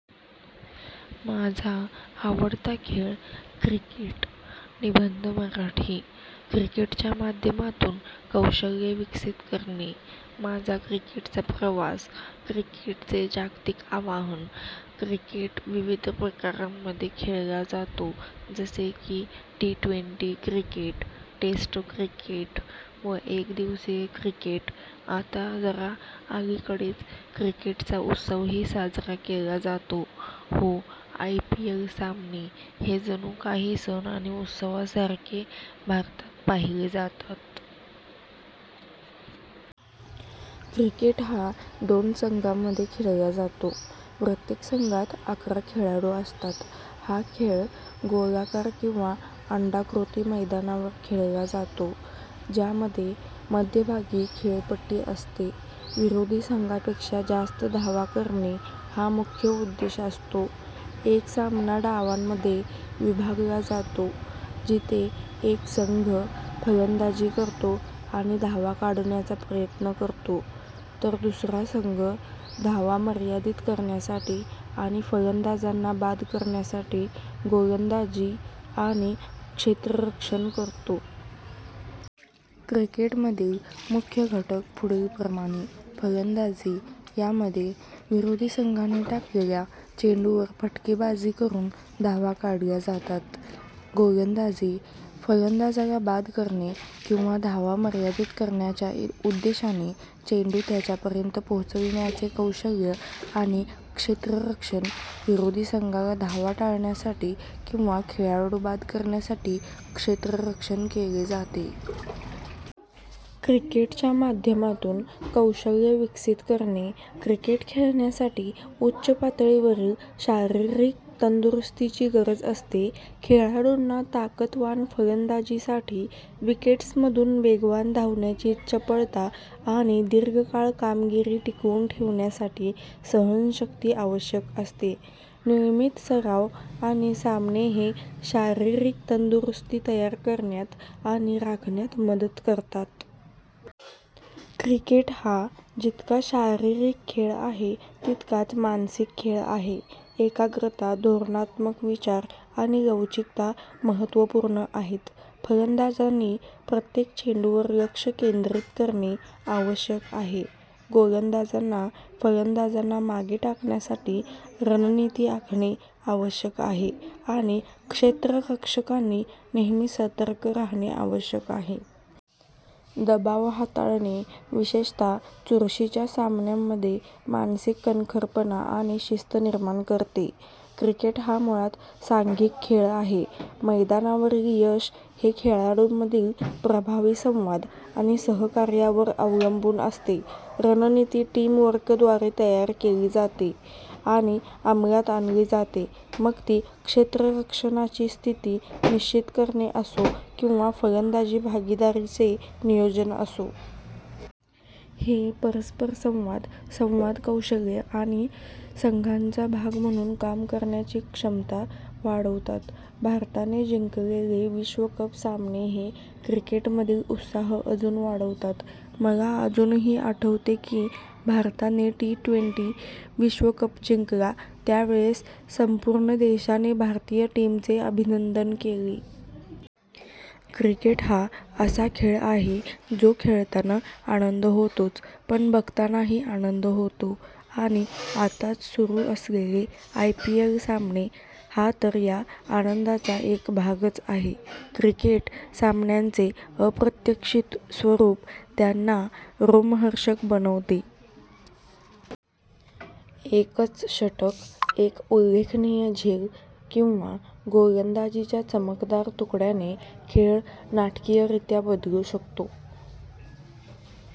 माझा आवडता खेळ क्रिकेट निबंध मराठी, क्रिकेटच्या माध्यमातून कौशल्ये विकसित करणे, माझा क्रिकेटचा प्रवास, क्रिकेटचे जागतिक आवाहन, क्रिकेट विविध प्रकारांमध्ये खेळला जातो जसे की T twenty cricket, test cricket व एकदिवसीय क्रिकेट. आता अलीकडेच क्रिकेटचा उत्सवही साजरा केला जातो, हो आयपीएल सामने, हे जणू काही सण आणि उत्सवासारखे भारतात पाहिले जातात. क्रिकेट हा दोन संघांमध्ये खेळला जातो, प्रत्येक संघात अकरा खेळाडू असतात, हा खेळ गोलाकार किंवा अंडाकृती मैदानावर खेळला जातो, ज्यामध्ये मध्यभागी खेळपट्टी असते. विरोधी संघापेक्षा जास्त धावा करणे हा मुख्य उद्देश असतो. एक सामना डावांमध्ये विभागला जातो, जिथे एक संघ फलंदाजी करतो आणि धावा काढण्याचा प्रयत्न करतो तर दुसरा संघ धावा मर्यादित करण्यासाठी आणि फलंदाजांना बाद करण्यासाठी गोलंदाजी आणि क्षेत्ररक्षण करतो. क्रिकेटमधील मुख्य घटक पुढीलप्रमाणे, फलंदाजी, यामध्ये विरोधी संघाने टाकलेल्या चेंडूवर फटकेबाजी करून धावा काढल्या जातात, गोलंदाजी, फलंदाजाला बाद करणे किंवा धावा मर्यादित करण्याच्या उद्देशाने चेंडू त्याच्यापर्यंत पोहोचविण्याचे कौशल्य, आणि क्षेत्ररक्षण, विरोधी संघाला धावा टाळण्यासाठी किंवा खेळाडू बाद करण्यासाठी क्षेत्ररक्षण केले जाते. क्रिकेटच्या माध्यमातून कौशल्ये विकसित करणे, क्रिकेट खेळण्यासाठी उच्च पातळीवरील शारीरिक तंदुरुस्तीची गरज असते. खेळाडूंना ताकदवान फलंदाजीसाठी, विकेट्समधून वेगवान धावण्याची चपळता आणि दीर्घकाळ कामगिरी टिकवून ठेवण्यासाठी सहनशक्ती आवश्यक असते. नियमित सराव आणि सामने हे शारीरिक तंदुरुस्ती तयार करण्यात आणि राखण्यात मदत करतात. क्रिकेट हा जितका शारीरिक खेळ आहे तितकाच मानसिक खेळ आहे. एकाग्रता, धोरणात्मक विचार आणि लवचिकता महत्त्वपूर्ण आहेत. फलंदाजांनी प्रत्येक चेंडूवर लक्ष केंद्रित करणे आवश्यक आहे, गोलंदाजांना फलंदाजांना मागे टाकण्यासाठी रणनीती आखणे आवश्यक आहे आणि क्षेत्ररक्षकांनी नेहमी सतर्क राहणे आवश्यक आहे. दबाव हाताळणे, विशेषत: चुरशीच्या सामन्यांमध्ये, मानसिक कणखरपणा आणि शिस्त निर्माण करते. क्रिकेट हा मुळात सांघिक खेळ आहे. मैदानावरील यश हे खेळाडूंमधील प्रभावी संवाद आणि सहकार्यावर अवलंबून असते. रणनीती टीमवर्कद्वारे तयार केली जाते आणि अंमलात आणली जाते, मग ती क्षेत्ररक्षणाची स्थिती निश्चित करणे असो किंवा फलंदाजी भागीदारीचे नियोजन असो. हे परस्परसंवाद संवाद कौशल्ये आणि संघाचा भाग म्हणून काम करण्याची क्षमता वाढवतात. भारताने जिंकलेले विश्वकप सामने हे क्रिकेटमधील उत्साह अजून वाढवतात, मला अजूनही आठवते की भारताने टी ट्वेंटी विश्वकप जिंकला त्यावेळेस संपूर्ण देशाने भारतीय टीमचे अभिनंदन केले. क्रिकेट हा असा खेळ आहे जो खेळताना आनंद होतोच पण बघतानाही आनंद होतो, आणि आताच सुरू असलेले आयपीएल सामने हा तर या आनंदाचा एक भागच आहे. क्रिकेट सामन्यांचे अप्रत्याशित स्वरूप त्यांना रोमहर्षक बनवते. एकच षटक, एक उल्लेखनीय झेल किंवा गोलंदाजीच्या चमकदार तुकड्याने खेळ नाटकीयरित्या बदलू शकतो.